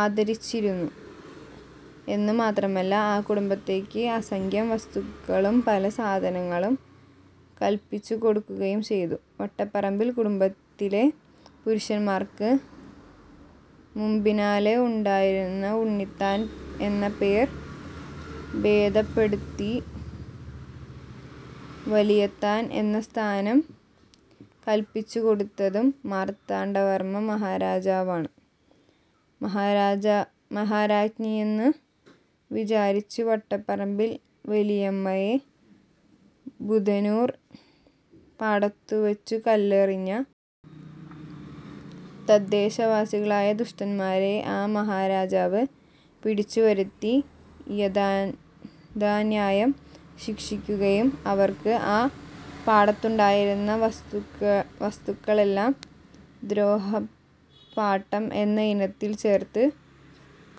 ആദരിച്ചിരുന്നു എന്നു മാത്രമല്ല ആ കുടുംബത്തേക്കു അസംഖ്യം വസ്തുവകകളും പല സ്ഥാനമാനങ്ങളും കൽപ്പിച്ചു കൊടുക്കുകയും ചെയ്തു വട്ടപ്പറമ്പിൽ കുടുംബത്തിലെ പുരുഷന്മാർക്കു മുമ്പിനാലെ ഉണ്ടായിരുന്ന ഉണ്ണിത്താൻ എന്ന പേർ ഭേദപ്പെടുത്തി വലിയത്താൻ എന്ന സ്ഥാനം കൽപ്പിച്ചുകൊടുത്തതും മാർത്താണ്ഡവർമ്മ മഹാരാജാവാണു് മഹാരാജ്ഞിയെന്നു വിചാരിച്ചു വട്ടപ്പറമ്പിൽ വലിയമ്മയെ ബുധനൂർ പാടത്തുവച്ചുകല്ലെറിഞ്ഞ തദ്ദേശവാസികളായ ദുഷ്ടന്മാരെ ആ മഹാരാജാവു് പിടിച്ചുവരുത്തി യഥാന്യായം ശിക്ഷിക്കുകയും അവർക്കു ആ പാടത്തുണ്ടായിരുന്ന വസ്തുക്കളെല്ലാം ദ്രോഹപാട്ടം എന്ന ഇനത്തിൽ ചേർത്തു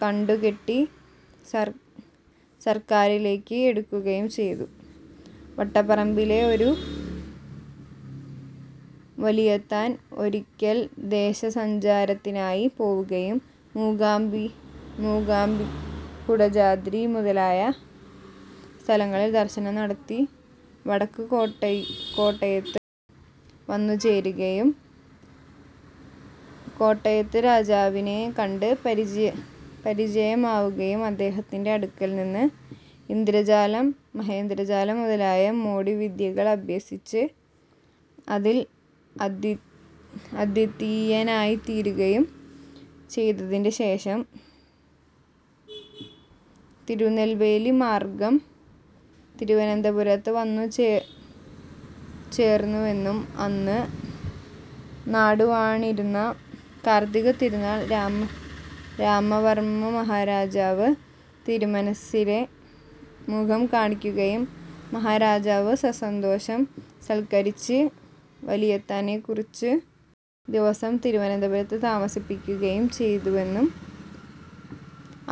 കണ്ടുകെട്ടി സർക്കാരിലേക്കു് എടുക്കുകയും ചെയ്തു വട്ടപ്പറമ്പിലെ ഒരു വലിയത്താൻ ഒരിക്കൽ ദേശസഞ്ചാരത്തിനായി പോവുകയും മൂകാംബി കുടജാദ്രി മുതലായ സ്ഥലങ്ങളിൽ ദർശനം നടത്തി വടക്കു കോട്ടയത്തു വന്നുചേരുകയും കോട്ടയത്തു രാജാവിനെ കണ്ടു പരിചയമാവുകയും അദ്ദേഹത്തിന്റെ അടുക്കൽ നിന്നു ഇന്ദ്രജാലം മഹേന്ദ്രജാലം മുതലായ മോടിവിദ്യകൾ അഭ്യസിച്ചു അതിൽ അദ്വിതീയനായിത്തീരുകയും ചെയ്തതിന്റെ ശേഷം തിരുനെൽവേലി മാർഗ്ഗം തിരുവനന്തപുരത്തു വന്നുചേർന്നുവെന്നും അന്നു നാടുവാണിരുന്ന കാർത്തികതിരുനാൾ രാമവർമ്മമഹാരാജാവു് തിരുമനസ്സിലെ മുഖം കാണിക്കുകയും മഹാരാജാവു് സസന്തോഷം സൽക്കരിച്ചു വലിയത്താനെ കുറച്ചു ദിവസം തിരുവനന്തപുരത്തു താമസിപ്പിക്കുകയും ചെയ്തുവെന്നും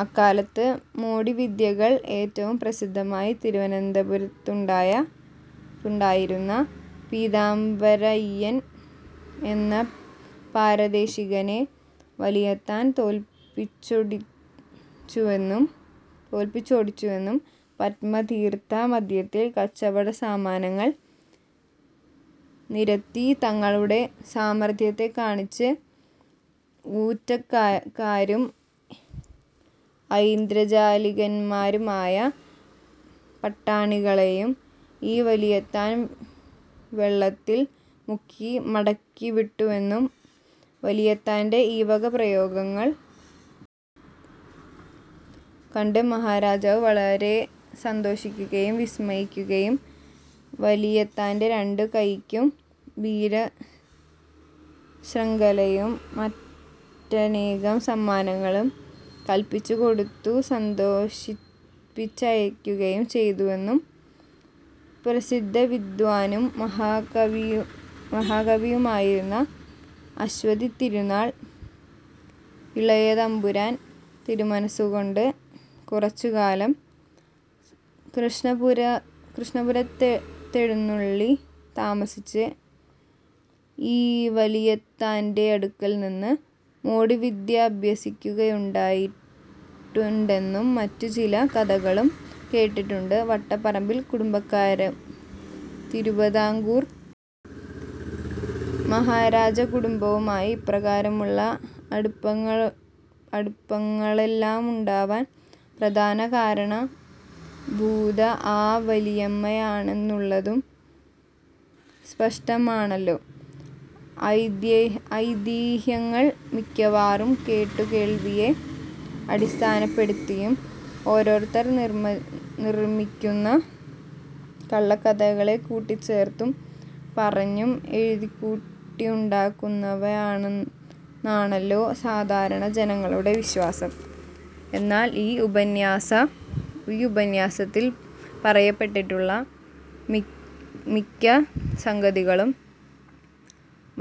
അക്കാലത്തു മോടിവിദ്യയിൽ ഏറ്റവും പ്രസിദ്ധനായി തിരുവനന്തപുരത്തുണ്ടായിരുന്ന പീതാംബരയ്യൻ എന്ന പാരദേശികനെ വലിയത്താൻ തോൽപ്പിച്ചോടിച്ചുവെന്നും പത്മതീർത്ഥ മദ്ധ്യത്തിൽ കച്ചവടസാമാനങ്ങൾ നിരത്തി തങ്ങളുടെ സാമർത്ഥ്യത്തെ കാണിച്ച ഊറ്റക്കാരും ഐന്ദ്രജാലികന്മാരുമായ പട്ടാണികളെയും ഈ വലിയത്താൻ വെള്ളത്തിൽ മുക്കി മടക്കിവിട്ടുവെന്നും വലിയത്താന്റെ ഈ വക പ്രയോഗങ്ങൾ കണ്ടു മഹാരാജാവു് വലരെ സന്തോഷിക്കുകയും വിസ്മയിക്കുകയും വലിയത്താന്റെ രണ്ടു കൈയ്ക്കും വീരശ്രംഖലയും മറ്റനേകം സമ്മാനങ്ങളും കൽപ്പിച്ചു കൊടുത്തു് സന്തോഷിപ്പിച്ചയക്കുകയും ചെയ്തുവെന്നും പ്രസിദ്ധവിദ്വാനും മഹാകവിയുമായിരുന്ന അശ്വതിതിരുനാൾ ഇളയതമ്പുരാൻ തിരുമനസ്സുകൊണ്ടു് കുറച്ചുകാലം കൃഷ്ണപുരത്തെഴുന്നള്ളി താമസിച്ചു ഈ വലിയത്താന്റടുക്കൽനിന്നു മോടിവിദ്യകളഭ്യസിക്കയുണ്ടായിട്ടുണ്ടെന്നും മറ്റും ചില കഥകളും കേട്ടിട്ടുണ്ടു് വട്ടപ്പറമ്പിൽ കുടുംബക്കാരും തിരുവതാംകൂർ മഹാരാജകുടുംബവുമായി ഇപ്രകാരമുള്ള അടുപ്പങ്ങളെല്ലാമുണ്ടാവാൻ പ്രധാന കാരണഭൂത ആ വലിയമ്മയാണന്നുള്ളതു് സ്പഷ്ടമാണല്ലോ ഐതിഹ്യങ്ങൾ മിക്കവാറും കേട്ടുകേൾവിയെ അടിസ്ഥാനപ്പെടുത്തിയും ഓരോരുത്തർ നിർമിക്കുന്ന കള്ളക്കഥകളെ കൂട്ടിച്ചേർത്തും പറഞ്ഞും എഴുതിക്കൂട്ടിയുണ്ടാക്കുന്നവയാണന്നാണല്ലോ സാധാരണ ജനങ്ങളുടെ വിശ്വാസം എന്നാൽ ഈ ഉപന്യാസത്തിൽ പറയപ്പെട്ടിട്ടുള്ള മിക്ക സംഗതികളും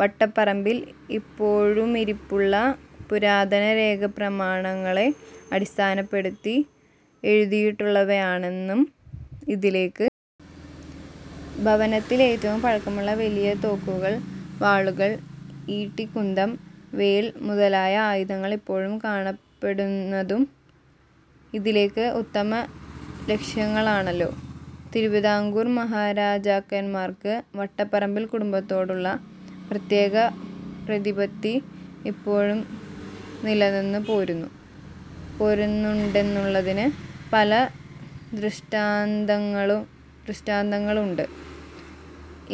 വട്ടപ്പറമ്പിൽ ഇപ്പോഴുമിരിപ്പുള്ള പുരാതനരേഖാപ്രമാണങ്ങളെ അടിസ്ഥാനപ്പെടുത്തി എഴുതിയിട്ടുള്ളവയാണന്നും ഇതിലേക്കു ഭവനത്തിൽ ഏറ്റവും പഴക്കമുള്ള വലിയ തോക്കുകൾ വാളുകൾ ഈട്ടി കുന്തം വേൽ മുതലായ ആയുധങ്ങൾ ഇപ്പോഴും കാണപ്പെടുന്നതും ഇതിലേക്കു ഉത്തമ ലക്ഷ്യങ്ങളാണല്ലോ തിരുവതാംകൂർ മഹാരാജാക്കന്മാർക്കു വട്ടപ്പറമ്പിൽ കുടുംബത്തോടുള്ള പ്രത്യേകപ്രതിപത്തി ഇപ്പോഴും നിലനിന്നു പോരുന്നു ണ്ടെന്നുള്ളതിനു പല ദൃഷ്ടാന്തങ്ങളുണ്ടു്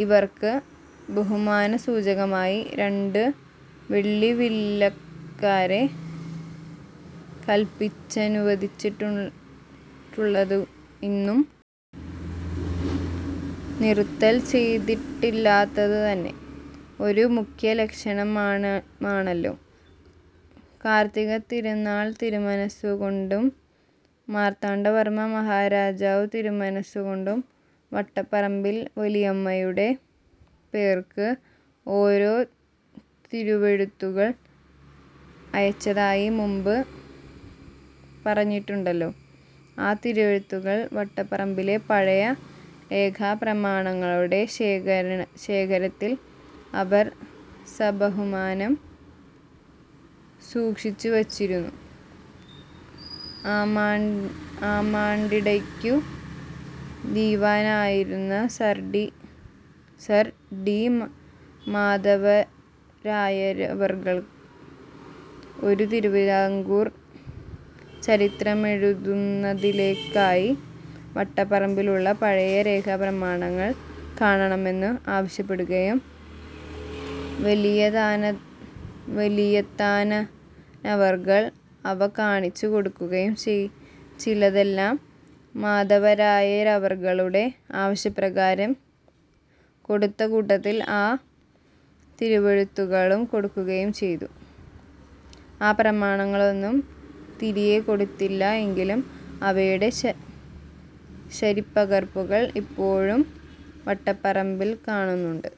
ഇവർക്കു ബഹുമാനസൂചകമായി രണ്ടു വെള്ളിവില്ലക്കാരെ കൽപ്പിച്ചനുവദിച്ചിട്ടുള്ളതു ഇന്നും നിറുത്തൽ ചെയ്തിട്ടില്ലാത്തതുതന്നെ ഒരു മുഖ്യലക്ഷണമാണല്ലോ കാർത്തിക തിരുനാൾതിരുമനസ്സുകൊണ്ടും മാർത്താണ്ഡവർമ്മ മഹാരാജാവു് തിരുമനസ്സുകൊണ്ടും വട്ടപ്പറമ്പിൽ വലിയമ്മയുടെ പേർക്കു ഓരോ തിരുവെഴുത്തുകൾ അയച്ചതായി മുമ്പു പറഞ്ഞിട്ടുണ്ടല്ലോ ആ തിരുവെഴുത്തുകൾ വട്ടപ്പറമ്പിലെ പഴയ രേഖാപ്രമാണങ്ങളുടെ ശേഖരത്തിൽ അവർ സബഹുമാനം സൂക്ഷിച്ചു വച്ചിരുന്നു ആമാണ്ടിടയ്ക്കു ദിവാനായിരുന്ന സർ ടി മാധരായരവർകൾ ഒരു തിരുവതാംകൂർ ചരിത്രമെഴുതുന്നതിലേക്കായി വട്ടപ്പറമ്പിലുള്ള പഴയ രേഖാപ്രമാണങ്ങൾ കാണണമെന്നു് ആവശ്യപ്പെടുകയും വലിയത്താനവർകൾ അവ കാണിച്ചു കൊടുക്കുകയും ചിലതെല്ലാം മാധവരായരവർകളുടെ ആവശ്യപ്രകാരം കൊടുത്തകൂട്ടത്തിൽ ആ തിരുവെഴുത്തുകളും കൊടുക്കുകയും ചെയ്തു ആ പ്രമാണങ്ങളൊന്നും തിരിയെ കൊടുത്തിട്ടില്ല എങ്കിലും അവയുടെ ശരിപ്പകർപ്പുകൾ ഇപ്പോഴും വട്ടപ്പറമ്പിൽ കാണുന്നുണ്ടു്.